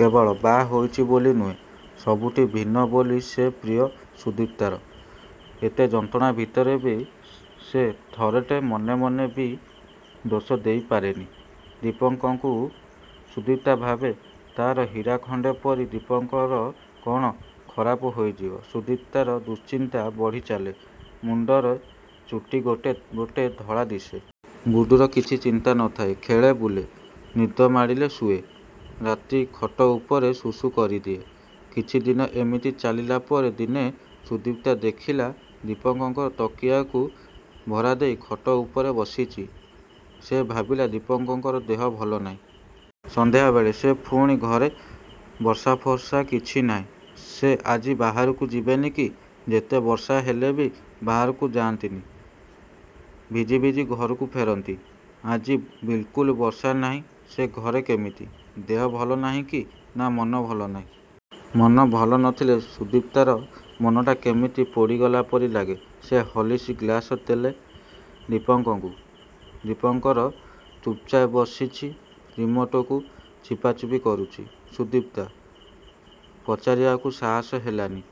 କେବଳ ବାହା ହୋଇଛି ବୋଲି ନୁହେଁ। ସବୁଠି ଭିନ୍ନ ବୋଲି ସେ ପ୍ରିୟ ସୁଦିପ୍ତାର। ଏତେ ଯନ୍ତ୍ରଣା ଭିତରେ ବି ସେ ଥରଟେ ମନେ ମନେ ବି ଦୋଷ ଦେଇପାରେନି ଦୀପଙ୍କଙ୍କୁ। ସୁଦିପ୍ତା ଭାବେ ତା'ର ହୀରାଖଣ୍ଡେ ପରି ଦିପଙ୍କର କ'ଣ ଖରାପ ହୋଇଯିବ। ସୁଦିପ୍ତାର ଦୁଶ୍ଚିନ୍ତା ବଢ଼ିଚାଲେ, ମୁଣ୍ଡର ଚୁଟି ଗୋଟେ ଗୋଟେ ଧଳା ଦିଶେ। ଗୁଡୁର କିଛି ଚିନ୍ତା ନ ଥାଏ ଖେଳେ ବୁଲେ, ନିଦ ମାଡ଼ିଲେ ଶୁଏ। ରାତି ଖଟ ଉପରେ ସୁସୁ କରିଦିଏ। କିଛିଦିନ ଏମିତି ଚାଲିଲା ପରେ ଦିନେ ସୁଦିପ୍ତା ଦେଖିଲା ଦୀପଙ୍କଙ୍କ ତକିଆକୁ ଭରାଦେଇ ଖଟ ଉପରେ ବସିଛି। ସେ ଭାବିଲା ଦୀପଙ୍କଙ୍କ ଦେହ ଭଲ ନାହିଁ? ସଂଧ୍ୟାବେଳେ ସେ ପୁଣି ଘରେ ବର୍ଷାଫର୍ସା କିଛି ନାହିଁ। ସେ ଆଜି ବାହାରକୁ ଯିବେନି କି? ଯେତେ ବର୍ଷାହେଲେ ବି ବାହରକୁ ଯାନ୍ତିନି। ଭିଜି ଭିଜି ଘରକୁ ଫେରନ୍ତି। ଆଜି ବିଲକୁଲ୍ ବର୍ଷା ନାହିଁ ସେ ଘରେ କେମିତି? ଦେହ ଭଲ ନାହିଁକି? ନା ମନ ଭଲ ନାହିଁ? ମନ ଭଲ ନଥିଲେ ସୁଦିପ୍ତାର ମନଟା କେମିତି ପୋଡ଼ିଗଲା ପରି ଲାଗେ। ସେ ହଲିକ୍ସ ଗ୍ଲାସ୍ ଦେଲେ ଦୀପଙ୍କଙ୍କୁ। ଦୀପଙ୍କର ଚୁପ୍ଚାପ୍ ବସିଛି ରିମୋଟ୍ଟକୁ ଚିପାଚିପି କରୁଛି। ସୁଦିପ୍ତା ପଚାରିବାକୁ ସାହସ ହେଲାନି।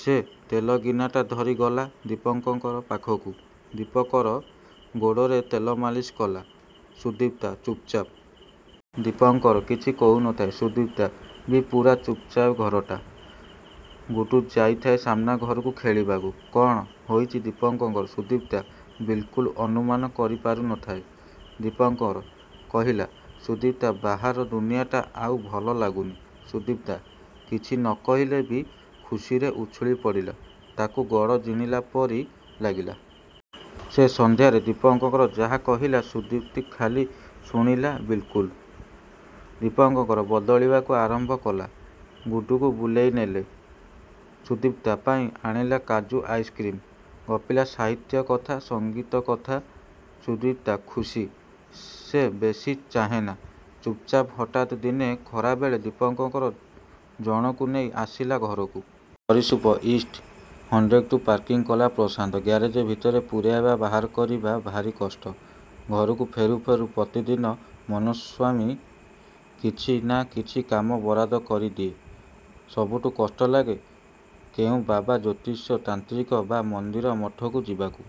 ସେ ତେଲ ଗିନାଟା ଧରି ଗଲା ଦୀପଙ୍କଙ୍କର ପାଖକୁ। ଦୀପକର ଗୋଡ଼ରେ ତେଲମାଲିସ କଲା ସୁଦିପ୍ତା ଚୁପଚାପ୍। ଦୀପଙ୍କର କିଛି କହୁନଥାଏ ସୁଦିପ୍ତା ବି ପୁରା ଚୁପଚାପ୍ ଘରଟା । ଗୁଡୁ ଯାଇଥା ସାମ୍ନା ଘରକୁ ଖେଳିବାକୁ। କ'ଣ ହୋଇଛି ଦୀପଙ୍କରର ସୁଦିପ୍ତା ବିଲକୁଲ୍ ଅନୁମାନ କରିପାରୁନଥାଏ। ଦୀପଙ୍କର କହଲା, ସୁଦିପ୍ତା ବାହାର ଦୁନିଆଟା ଆଉ ଭଲ ଲାଗୁନି। ସୁଦିପ୍ତା କିଛି ନ କହିଲେ ବି ଖୁସିରେ ଉଛୁଳି ପଡ଼ିଲା, ତାକୁ ଗଡ଼ ଜିଣିଲା ପରି ଲାଗିଲା। ସେ ସଂଧ୍ୟାରେ ଦୀପଙ୍କଙ୍କର ଯାହା କହିଲା ସୁଦିପ୍ତ ଖାଲି ଶୁଣିଲା ବିଲ୍କୁଲ୍ । ଦୀପଙ୍କଙ୍କର ବଦଳିବାକୁ ଆରମ୍ଭ କଲା ଗୁଡୁକୁ ବୁଲେଇ ନେଲେ, ସୁଦିପ୍ତା ପାଇଁ ଆଣିଲା କାଜୁ ଆଇସ୍କ୍ରୀମ୍। ଗପିଲା ସାହିତ୍ୟ କଥା, ସଂଗୀତ କଥା। ସୁଦିପ୍ତା ଖୁସି। ସେ ବେଶୀ ଚାହେଁନା। ଚୁପଚାପ୍ ହଠାତ୍ ଦିନେ ଖରାବେଳେ ଦୀପଙ୍କଙ୍କର ଜଣକୁ ନେଇ ଆସିଲା ଘରକୁ। ସରୀସୃପ ଇଷ୍ଟ ହଣ୍ଡ୍ରେଡ୍କୁ ପାର୍କିଂ କଲା ପ୍ରଶାନ୍ତ। ଗ୍ୟାରେଜ୍ ଭିତରେ ପୁରାଇବା ବାହାର କରିବା ଭାରି କଷ୍ଟ। ଘରକୁ ଫେରୁ ଫେରୁ ପ୍ରତିଦିନ ମନସ୍ୱାମୀ କିଛି ନା କିଛି କାମ ବରାଦ କରି ଦିଏ। ସବୁଠୁ କଷ୍ଟ ଲାଗେ କେଉଁ ବାବା, ଜ୍ୟୋତିଷ, ତାନ୍ତ୍ରିକ ବା ମନ୍ଦିର ମଠକୁ ଯିବାକୁ।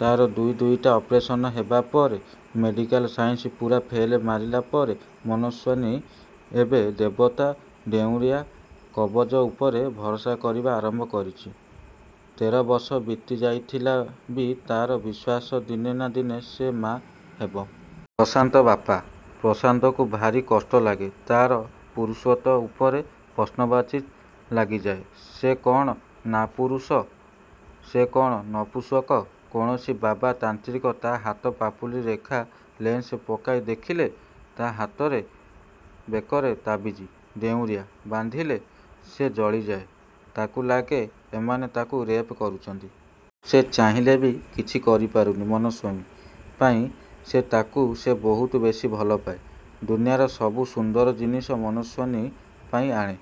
ତା'ର ଦୁଇ ଦୁଇଟା ଅପରେସନ୍ ହେବା ପରେ, ମେଡ଼ିକାଲ ସାଇନ୍ସ ପୁରା ଫେଲ ମାରିଲାପରେ ମନସ୍ୱିନୀ ଏବେ ଦେବତା, ଡେଉଁରିଆ କବଚ ଉପରେ ଭରସା କରିବା ଆରମ୍ଭ କରିଚି। ତେର ବର୍ଷ ବିତି ଯାଇଥିଲା ବି ତା'ର ବିଶ୍ୱାସ ଦିନେ ନା ଦିନେ ସେ ମା' ହେବ। ପ୍ରଶାନ୍ତ ବାପା। ପ୍ରଶାନ୍ତକୁ ଭାରି କଷ୍ଟ ଲାଗେ। ତା'ର ପୁରୁଷତ୍ୱ ଉପରେ ପ୍ରଶ୍ନବାଚୀ ଳାଗିଯାଏ। ସେ କ'ଣ ନାପୁରଷ, ସେ କ'ଣ ନପୁସକ। କୌଣସି ବାବା ତାନ୍ତ୍ରିକ ତା'ର ହାତ ପାପୁଲିର ରେଖା ଲେନ୍ସ ପକାଇ ଦେଖିଲେ, ତା' ହାତରେ, ବେକରେ ତାବିଜ, ଡେଉଁରିଆ ବାନ୍ଧିଲେ ସେ ଜଳିଯାଏ, ତାକୁ ଲାଗେ ଏମାନେ ତାକୁ ରେପ୍ କରୁଛନ୍ତି। ସେ ଚାହିଁଲେ ବି କିଛି କରିପାରୁନି ମନସ୍ୱିନୀ ପାଇଁ। ତାକୁ ସେ ବହୁତ ବେଶୀ ଭଲପାଏ। ଦୁନିଆର ସବୁ ସୁନ୍ଦର ଜିନିଷ ମନସ୍ୱିନୀ ପାଇଁ ଆଣେ।